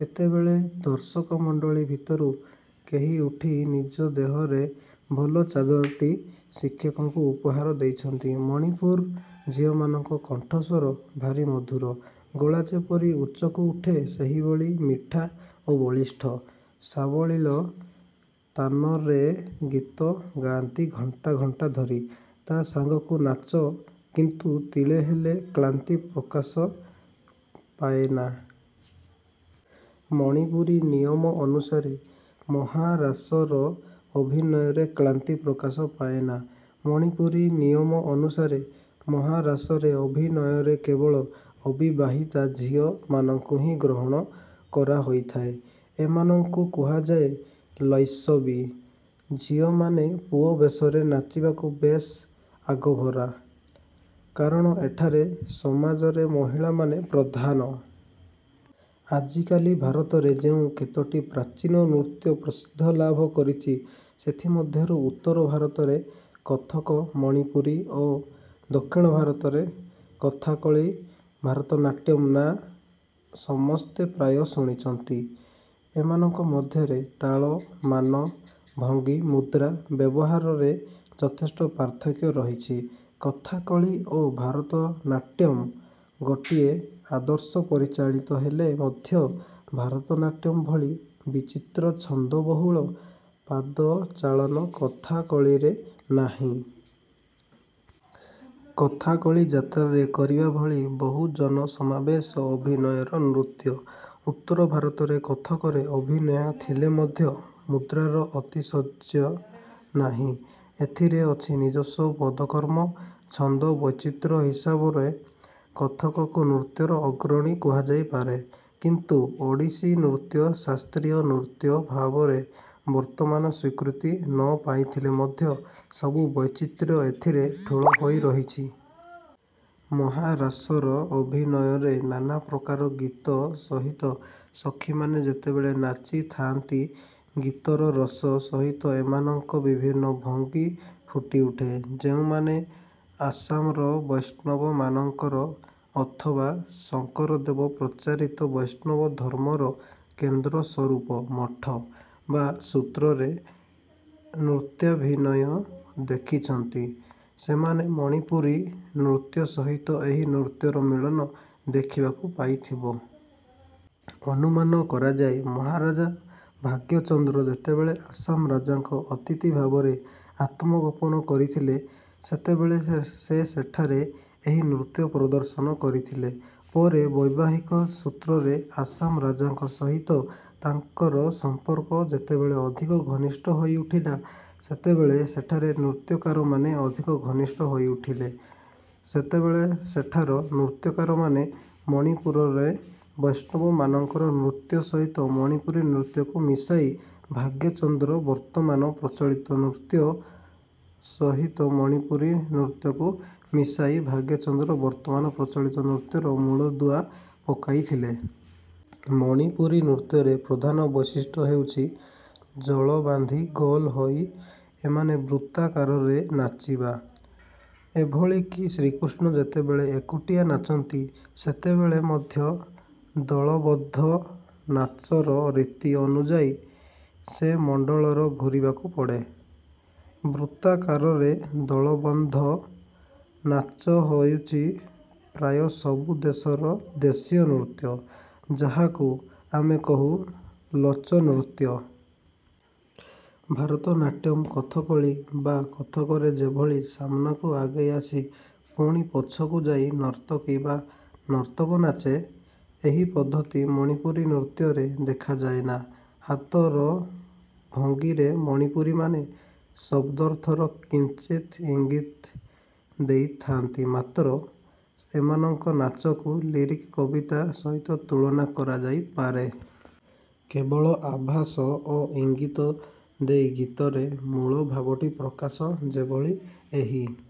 କେତେବେଳେ ଦର୍ଶକମଣ୍ଡଳୀ ଭିତରୁ କେହି ଉଠି ନିଜ ଦେହର ଭଲ ଚାଦରଟି ଶିକ୍ଷକଙ୍କୁ ଉପହାର ଦେଇଛନ୍ତି। ମଣିପୁରୀ ଝିଅମାନଙ୍କ କଣ୍ଠସ୍ୱର ଭାରି ମଧୁର। ଗଳା ଯେପରି ଉଚ୍ଚକୁ ଉଠେ, ସେହିଭଳି ମିଠା ଓ ବଳିଷ୍ଠ। ସାବଲୀଳ ତାନରେ ଗୀତ ଗାଆନ୍ତି ଘଣ୍ଟା ଘଣ୍ଟା ଧରି, ତା ସାଙ୍ଗାକୁ ନାଚ-କିନ୍ତୁ ତିଳେହେଲେ କ୍ଲାନ୍ତି ପ୍ରକାଶ ପାଏନା। ମଣିପୁରୀ ନିୟମ ଅନୁସାରେ ମହାରାସର ଅଭିନୟରେ କ୍ଲାନ୍ତି ପ୍ରକାଶ ପାଏନା। ମଣିପୁରୀ ନିୟମ ଅନୁସାରେ ମହାରାସର ଅଭିନୟରେ କେବଳ ଅବିବାହିତା ଝିଅ ମାନଙ୍କୁ ହିଁ ଗ୍ରହଣ କରାହୋଇଥାଏ। ଏମାନଙ୍କୁ କୁହାଯାଏ ''ଲୈସବୀ''। ଝିଅମାନେ ପୁଅ ବେଶର ନାଚିବାକୁ ବେଶ୍ ଆଗଭର। କାରଣ ଏଠାର ସମାଜରେ ମହିଳାମାନେ ପ୍ରଧାନ। ଆଜିକାଲି ଭାରତରେ ଯେଉଁ କେତୋଟି ପ୍ରାଚୀନ ନୃତ୍ୟ ପ୍ରସିଦ୍ଧିଲାଭ କରିଚି, ସେଥିମଧ୍ୟରୁ ଉତ୍ତର-ଭାରତର କଥକ, ମଣିପୁରୀ ଓ ଦକ୍ଷିଣ-ଭାରତର କଥାକଳି, ଭାରତନାଟ୍ୟମ୍ ନାଁ ସମସ୍ତେ ପ୍ରାୟ ଶୁଣିଚନ୍ତି। ଏମାନଙ୍କ ମଧ୍ୟରେ ତାଳ, ମାନ, ଭଙ୍ଗୀ, ମୁଦ୍ରା ବ୍ୟବହାରରେ ଯଥେଷ୍ଟ ପାର୍ଥକ୍ୟ ରହିଛି। କଥାକଳି ଓ ଭାରତ ନାଟ୍ୟମ୍ ଗୋଟିଏ ଆଦର୍ଶରେ ପରିଚାଳିତ ହେଲେ ମଧ୍ୟ ଭାରତନାଟ୍ୟମ୍ ଭଳି ବିଚିତ୍ର ଛନ୍ଦବହୁଳ ପଦଚାଳନା କଥାକଳିରେ ନାହିଁ। କଥାକଳି ଯାତ୍ରାରେ କରିବା ଭଳି ବହୁଜନସମାବେଶ ଅଭିନୟର ନୃତ୍ୟ। ଉତ୍ତର-ଭାରତର କଥକରେ ଅଭିନୟ ଥିଲେ ମଧ୍ୟ ମୁଦ୍ରାର ଆତିଶଯ୍ୟ ନାହିଁ। ଏଥିରେ ଅଛି ନିଜସ୍ୱ ପଦକର୍ମ। ଛନ୍ଦ ବୈଚିତ୍ର୍ୟ ହିସାବରେ କଥକକୁ ନୃତ୍ୟର ଅଗ୍ରଣୀ କୁହାଯାଇପାରେ। କିନ୍ତୁ ଓଡ଼ିଶୀ ନୃତ୍ୟ ଶାସ୍ତ୍ରୀୟ ନୃତ୍ୟ ଭାବରେ ବର୍ତ୍ତମାନ ସ୍ୱୀକୃତି ନ ପାଇଥିଲେ ମଧ୍ୟ ସବୁ ବୈଚିତ୍ର୍ୟ ଏଥିରେ ଠୁଳ ହୋଇ ରହିଚି। ମହାରାସର ଅଭିନୟରେ ନାନାପ୍ରକାର ଗୀତ ସହିତ ସଖୀମାନେ ଯେତେବେଳେ ନାଚି ଥାଆନ୍ତି, ଗୀତର ରସ ସହିତ ଏମାନଙ୍କ ବିଭିନ୍ନ ଭଙ୍ଗି ଫୁଟିଉଠେ। ଯେଉଁମାନେ ଆସାମର ବୈଷ୍ଣବମାନଙ୍କର ଅଥବା ଶଙ୍କରଦେବ ପ୍ରଚାରିତ ବୈଷ୍ଣବ ଧର୍ମର କେନ୍ଦ୍ର ସ୍ୱରୂପ 'ମଠ' ବା 'ସୂତ୍ର'ରେ ନୃତ୍ୟାଭିନୟ ଦେଖିଚନ୍ତି, ସେମାନେ ମଣିପୁରୀ ନୃତ୍ୟ ସହିତ ଏହି ନୃତ୍ୟର ମିଳନ ଦେଖିବାକୁ ପାଇଥିବ। ଅନୁମାନ କରାଯାଏ, ମହାରାଜା ଭାଗ୍ୟଚନ୍ଦ୍ର ଯେତେବେଳେ ଆସାମ ରାଜାଙ୍କ ଅତିଥି ଭାବରେ ଆତ୍ମଗୋପନ କରିଥିଲେ, ସେତେବେଳେ ସେ ସେଠାରେ ଏହି ନୃତ୍ୟ ପ୍ରଦର୍ଶନ କରିଥିଲେ। ପରେ ବୈବାହିକ ସୂତ୍ରରେ ଆସାମ ରାଜାଙ୍କ ସହିତ ତାଙ୍କର ସମ୍ପର୍କ ଯେତେବେଳେ ଅଧିକ ଘନିଷ୍ଠ ହୋଇ ଉଠିଲା, ସେତେବେଳେ ସେଠାର ନୃତ୍ୟକାରମାନେ ଅଧିକ ଘନିଷ୍ଠ ହୋଇ ଉଠିଲା, ସେତେବେଳେ ସେଠାର ନୃତ୍ୟକାରମାନେ ମଣିପୁରରେ ବୈଷ୍ଣବମାନଙ୍କର ନୃତ୍ୟ ସହିତ ମଣିପୁରୀ ନୃତ୍ୟକୁ ମିଶାଇ ଭାଗ୍ୟଚନ୍ଦ୍ର ବର୍ତ୍ତମାନ ପ୍ରଚଳିତ ନୃତ ସହିତ ମଣିପୁରୀ ନୃତ୍ୟକୁ ମିଶାଇ ଭାଗ୍ୟଚନ୍ଦ୍ର ବର୍ତ୍ତମାନ ପ୍ରଚଳିତ ନୃତ୍ୟର ମୂଳଦୁଆ ପକାଇଥିଲେ। ମଣିପୁରୀ ନୃତ୍ୟର ପ୍ରଧାନ ବୈଶିଷ୍ଟ୍ୟ ହେଉଚି, ଜଳବାନ୍ଧି ଗୋଲ ହୋଇ ଏମାନେ ବୃତ୍ତାକାରରେ ନାଚିବା। ଏଭଳି କି ଶ୍ରୀକୃଷ୍ଣ ଯେତେବେଳେ ଏକୁଟିଆ ନାଚନ୍ତି, ସେତେବେଳେ ମଧ୍ୟ ଦଳବଦ୍ଧ ନାଚର ରୀତି ଅନୁଯାୟୀ ସେ ମଣ୍ଡଳରେ ଘୂରିବାକୁ ପଡ଼େ। ବୃତ୍ତାକାରରେ ଦଳବାନ୍ଧ ନାଚ ହେଉଚି ପ୍ରାୟ ସବୁ ଦେଶର ଦେଶୀୟ ନୃତ୍ୟ, ଯାହାକୁ ଆମେ କହୁ 'ଲୋଚନୃତ୍ୟ'। ଭାରତନାଟ୍ୟମ୍, କଥା କଳି ବା କଥକରେ ଯେଭଳି ସାମନାକୁ ଆଗେଇ ଆସି, ପୁଣି ପଛକୁ ଯାଇ ନର୍ତ୍ତକୀ ବା ନର୍ତ୍ତକ ନାଚେ, ଏହି ପଦ୍ଧତି ମଣିପୁରୀ ନୃତ୍ୟରେ ଦେଖାଯାଏନା। ହାତର ଭଙ୍ଗୀରେ ମଣିପୁରୀମାନେ ଶବ୍ଦର୍ଥର କିଞ୍ଚିତ ଇଙ୍ଗିତ୍ ଦେଇଥାନ୍ତି ମାତ୍ର। ଏମାନଙ୍କ ନାଚକୁ ଲିରିକ କବିତା ସହିତ ତୁଳନା କରାଯାଇପାରେ। କେବଳ ଆଭାସ ଓ ଇଙ୍ଗିତ ଦେଇ ଗୀତର ମୂଳଭାବଟି ପ୍ରକାଶ ଯେଭଳି ଏହି